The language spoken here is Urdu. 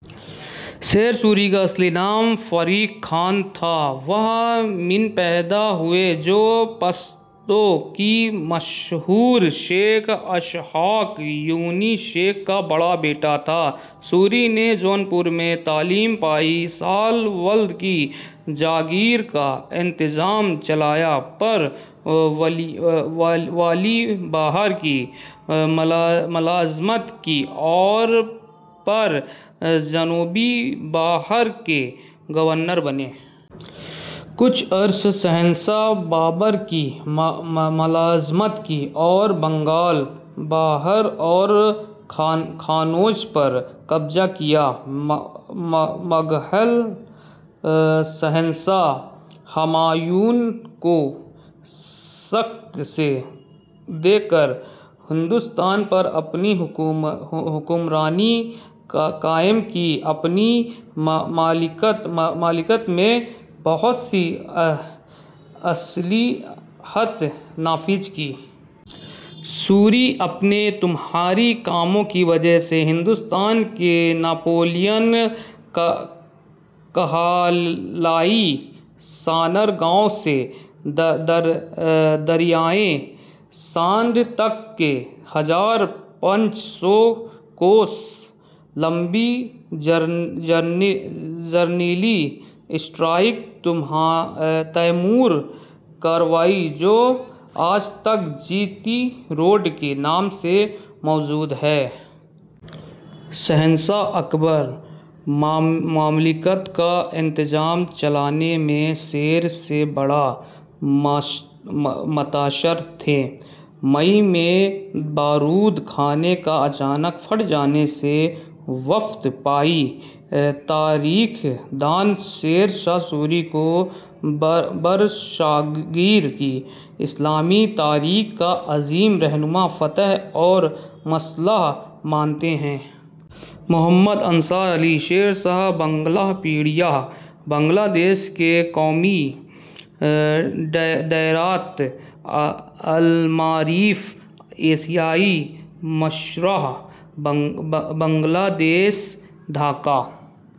شیرشاہ سوری ، کا اصل نام فرید خان تھا۔ وہ ء میں پیدا ہوئے جو پشتون کی مشہور شاخ اسحاق یعنی سہاک کا بڑا بیٹا تھا۔ سوری نے جونپور میں تعلیم پائی۔ سال والد کی جاگیر کا انتظام چلایا پھر والئی بہار کی ملازمت کی اور پھر جنوبی بہار کے گورنر بنے۔ کچھ عرصہ شہنشاہ بابر کی ملازمت کی اور بنگال ، بہار اور قنوج پر قبضہ کیا۔ مغل شہنشاہ ہمایوں کو شکست دے کر ہندوستان پر اپنی حکمرانی قائم کی۔ اپنی مملکت میں بہت سی اصلاحات نافذ کیں۔ سوری اپنے تعمیری کاموں کی وجہ سے ہندوستان کے نپولین کہلائے سنار گاؤں سے دریائے سندھ تک ایک ہزار پانچ سو کوس لمبی جرنیلی سڑک تعمیر کروائی جو آج تک جی ٹی روڈ کے نام سے موجود ہے۔ شہنشاہ اکبر مملکت کا انتظام چلانے میں شیرشاہ سے بڑا متاثر تھا۔ مئی ء میں بارود خانہ کے اچانک پھٹ جانے سے وفات پائی۔ تاریخ دان شیر شاہ سوری کو برصغیر کی اسلامی تاریخ کا عظیم رہنما، فاتح اور مصلح مانتے ہیں۔ ↑ محمد عنصر علی, شیر شاہ, بنگلہ پیڈیا: بنگلہ دیش کا قومی دائرۃ المعارف, ایشیائی معاشرہ بنگلہ دیش, ڈھاکہ,: ۔